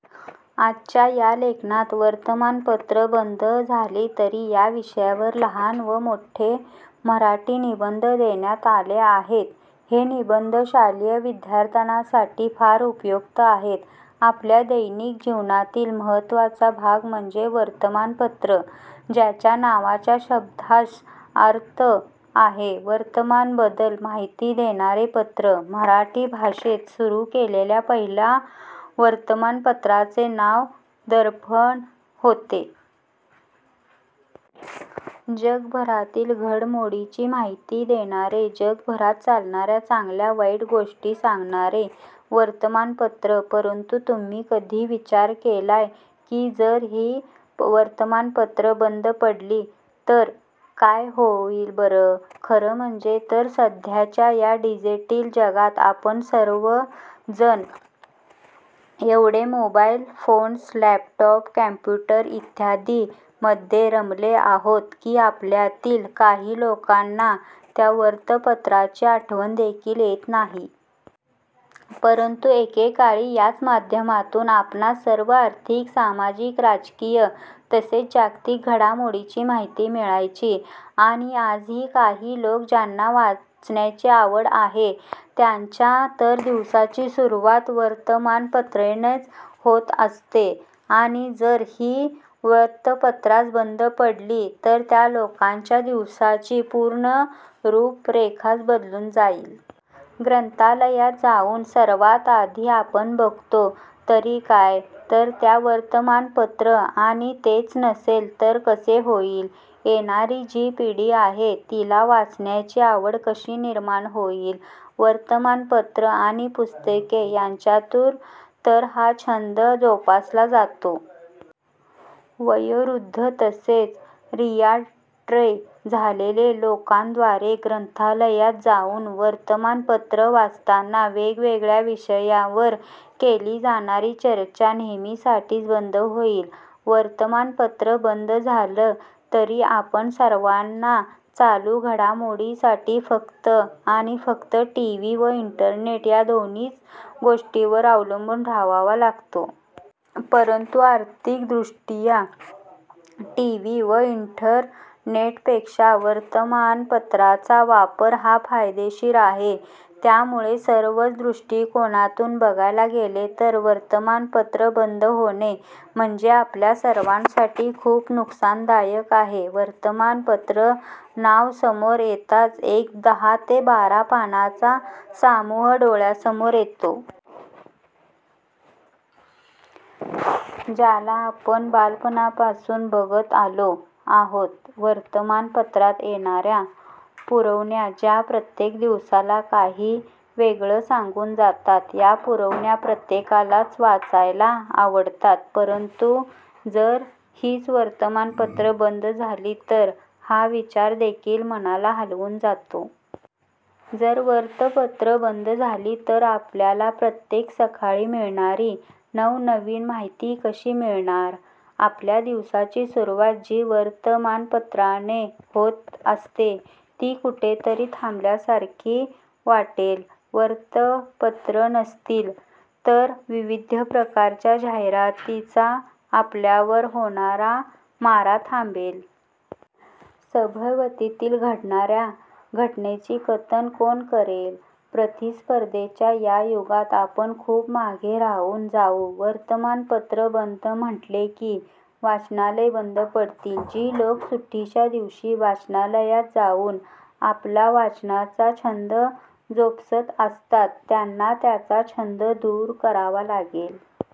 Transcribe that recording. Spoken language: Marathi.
आजच्या या लेखात वर्तमान पत्र बंद झाली तर या विषयावर लहान व मोठे मराठी निबंध देण्यात आले आहेत. हे निबंध शालेय विद्यार्थ्यांसाठी फार उपयुक्त आहेत. आपल्या दैनंदिन जीवनातील महत्वाचा भाग म्हणजे वर्तमानपत्र. ज्याच्या नावाचा शब्दशः अर्थ आहे वर्तमान बद्दल माहिती देणार पत्र, मराठी भाषेत सुरू केलेल्या पहिल्या वर्तमान पत्राचे नाव दर्पण होते. जगभरातील घडामोडींची माहिती देणारे, जगभरात चालणाऱ्या चांगल्या वाईट गोष्टीं सांगणारे वर्तमानपत्र..! परंतु तुम्ही कधी विचार केलाय कि, जर ही वर्तमानपत्र बंद पडली तर...? काय होईल बर... खर म्हणजे तर सध्याचा या डिजिटल जगात आपण सर्वजण एवढे मोबाईल फोन्स, लॅपटॉप, कॉम्प्युटर इत्यादि मध्ये रमले आहोत की आपल्यातील काही लोकांना त्या वृत्तपत्राची आठवण देखील येत नाही. परंतु एकेकाळी याच माध्यमातून आपणास सर्व आर्थिक, सामाजिक, राजकीय तसेच जागतिक घडामोडींची माहिती मिळायची. आणि आजही काही लोक ज्यांना वाचनाची आवड आहे त्यांच्या तर दिवसाची सुरुवात वर्तमानपत्रानेच होत असते. आणि जर ही वृतपत्रच बंद पडली तर त्या लोकांच्या दिवसाची पूर्ण रूप रेखाच बदलून जाईल..... ग्रंथालयात जाऊन सर्वात आधी आपण बघतो तरी काय तर ते वर्तमानपत्र आणि तेच नसेल तर कसे होईल? येणारी जी पिढी आहे तिला वाचनाची आवड कशी निर्माण होईल..! वर्तमानपत्र आणि पुस्तके याच्यातून तर हा छंद जोपासला जातो. वयोवृद्ध तसेच रिटायर झालेले लोकांद्वारे ग्रंथालयात जाऊन वर्तमानपत्र वाचतांना वेगवेगळ्या विषयावर केली जाणारी चर्चा नेहमीसाठीच बंद होईल. वर्तमानपत्र बंद झाली तर आपण सर्वांना चालू घडामोडी साठी फक्त आणि फक्त टीव्ही व इंटरनेट या दोनच गोष्टींवर अवलंबून राहावं लागेल. परंतु आर्थिकदृष्ट्या टीव्ही व इंटरनेटपेक्षा वर्तमानपत्राचा वापर हा फायदेशीर आहे. त्यामुळे सर्वच दृष्टिकोनातून बघायला गेले तर वर्तमानपत्र बंद होणे म्हणजे आपल्या सर्वांसाठी खूप नुकसानदायक आहे वर्तमान पत्र नाव समोर येताच एक दहा ते बारा पानांचा समूह डोळ्यासमोर येतो. ज्याला आपण बालपणापासून बघत आलो आहोत. वर्तमान पत्रात येणाऱ्या पुरवण्या ज्या प्रत्येक दिवसाला काही वेगळ सांगून जातात, या पुरवण्या प्रत्येकालाच वाचायला आवडतात. परंतु जर हीच वर्तमान पत्र बंद झाली तर..... हा विचार देखील मनाला हलवून जातो. जर वृत्तपत्र बंद झाली तर आपल्याला प्रत्येक सकाळी मिळणारी नवनवीन माहिती कशी मिळणार? आपल्या दिवसाची सुरुवात जी याच वर्तमानपत्राने होत असते ती कुठेतरी थांबल्यासारखी वाटेल. वृत्तपत्रे नसतील तर विविध प्रकारच्या जाहिरातींचा आपल्यावर होणारा मारा थांबेल. सभोवताली घडणाऱ्या घटनांचे कथन कोण करेल? प्रतिस्पर्धेच्या या युगात आपण खूप मागे राहून जाऊ. वर्तमान पत्र बंद म्हटली की वाचनालय बंद पडतील जी लोकं सुट्टीच्या दिवशी वाचनालयात जाऊन आपला वाचनाचा छंद जोपासत असतात त्यांना त्यांच्या छंद दूर करावा लागेल.